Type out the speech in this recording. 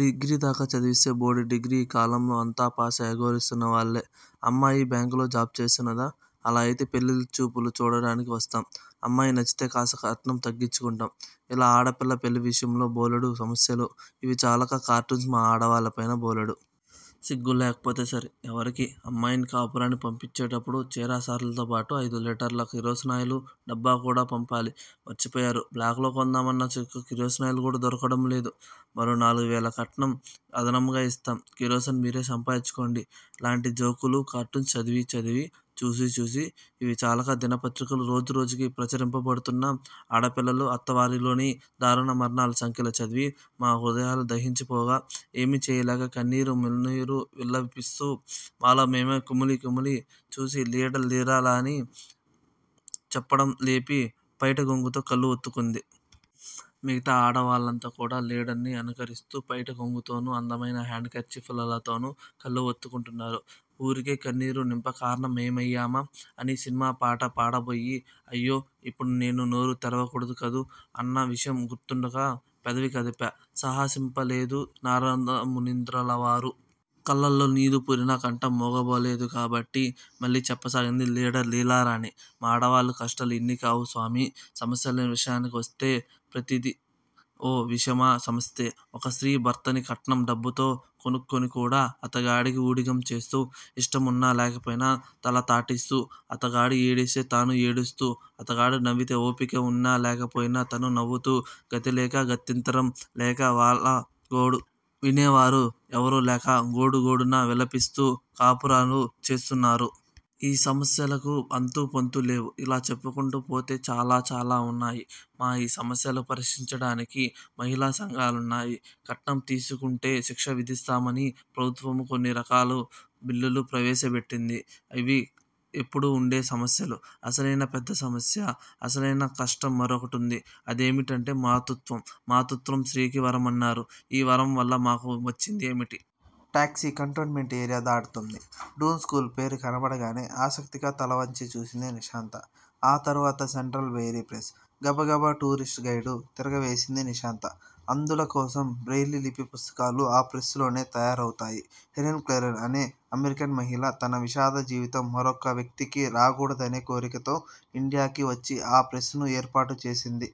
డిగ్రీదాకా చదివిస్తే బోడి డిగ్రీ యీ కాలంలో అంతా ప్యాసై అఘోరిస్తున్నవాళ్ళే అమ్మాయి బ్యాంకులో జాబ్ చేస్తున్నదా! అలా అయితే పెళ్ళిచూపులు చూడటానికి వస్తాం. అమ్మాయి నచ్చితే కాస్త కట్నం తగ్గించుకుంటాం. ఇలా ఆడపిల్ల పెళ్ళివిషయాలలో బోలెడు సమస్యలు ఇవి చాలక కార్టూన్స్ మా ఆడవాళ్ళమీద బోలెడు. సిగ్గులేకపోతే సరి ఎవరికి? అమ్మాయిని కాపురానికి పంపించేటప్పుడు చీరసారెతోపాటు అయిదు లీటర్ ల కిరసనాయిలు డబ్బా కూడా పంపాలి. మర్చిపోయేరు? బ్లాకులో కొందామన్నా చుక్క కిరసనాయిల్ దొరకటంలేదు. మరో నాలుగువేళ కట్నం అదనంగా యిస్తాం. కిరసనాయిలు మీరే సంపాదించుకోండి లాంటి జోకులు కార్టూన్స్ చదివి చదివి చూసిచూసి ఇవి చాలక దిన పత్రికలలో రోజురోజుకి ప్రచురింపబడుతున్న ఆడపిల్లలు అత్తవారిళ్ళలోని దారుణ మరణాల సంఖ్యలు చదివి మా హృదయాలు దహించిపోగా ఎమీచేయలేక కన్నీరు మున్నీరుగా విలపిస్తూ మాలో మేము కుమిలి కుమిలి చస్తూ లీడర్ లీలారాణి చెప్పటం లేపి పైటకొంగుతో కళ్ళు ఒత్తుకుంది. మిగతా ఆడవాళ్ళంతా కూడా లీడర్ ని అనుకరిస్తూ పైట కొంగులతోను అందమైన హేండ్ కర్చీఫ్ లతోను కళ్ళు వత్తుకున్నారు. ఊరికే కన్నీరు నింప కారణమేమమ్మా! అని సినిమా పాట పాడబోయి అయ్యో ఇప్పుడు నేను నోరు తెరవకూడదు కదూ. అన్న విషయం గుర్తుకురాగా పెదవి కదప సాహసింపలేదు నారదమునీంద్రులవారు. కళ్ళల్లో నీరు వూరినా కంఠం మూగపోలేదు కాబట్టి మళ్ళీ చెప్పసాగింది లీడర్ లీలారాణి. మా ఆడవాళ్ళ కష్టాలు అన్నీ యిన్నీకావు స్వామీ! సమస్యల విషయానికి వస్తే ప్రతీదీ ఓ విషమ సమస్యే. ఒక స్త్రీ భర్తని కట్నం డబ్బుతో కొనుక్కుని కూడా అతగాడికి ఊడిగం చేస్తూ ఇష్టమున్నా లేకపోయినా తల తాటిస్తూ అతగాడు ఏడిస్తే తానూ ఏడుస్తూ అతగాడు నవ్వితే ఓపిక వున్నా లేకపోయినా తనూ నవ్వుతూ గతిలేక గత్యంతరం లేక వాళ్ళగోడు వినేవారు ఎవరూలేక గోడుగోడున విలపిస్తూ కాపురాలు చేస్తున్నారు. ఈ సమస్యలకి అంతూపొంతూ లేవు. ఇలా చెప్పుకుంటూ పోతే చాలాచాలా వున్నాయి. మా యీ సమస్యలు పరిష్కరించటానికి మహిళా సంఘాలున్నాయి. కట్నం తీసుకుంటే శిక్ష విధిస్తామని ప్రభుత్వము కొన్నిరకాల బిల్లులు ప్రవేశపెట్టింది. ఇవి ఎప్పుడూ వుండే సమస్యలు. అసలయిన పెద్ద సమస్య. అసలయిన కష్టం మరొకటుంది అదేమిటంటే మాతృత్వం మాతృత్వము స్త్రీకి వరం అన్నారు ఆ వరంవల్ల మాకు వచ్చింది ఏమిటి? టాక్సీ కంటోన్ మెంటు ఏరియా దాటుతోంది. డూన్ స్కూలు పేరు కనబడగానే ఆసక్తిగా తలవంచి చూసింది నిశాంత. ఆ తర్వాత సెంట్రల్ బ్రెయిలీ ప్రెస్, గబగబా టూరిస్టు గైడ్ తిరగేసింది నిశాంత. అంధుల కోసం బ్రెయిలీ లిపిలో పుస్తకాలు ఆ ప్రెస్ లోనే తయారవుతాయి. హెల్లెన్ కెల్లెర్ అనే అమరికన్ మహిళ తన విషాద జీవితం మరొక వ్యక్తికి రాగూడదనే కోరికతో ఇండియా వచ్చి ఆ ప్రెస్ ను ఏర్పాటు చేసింది.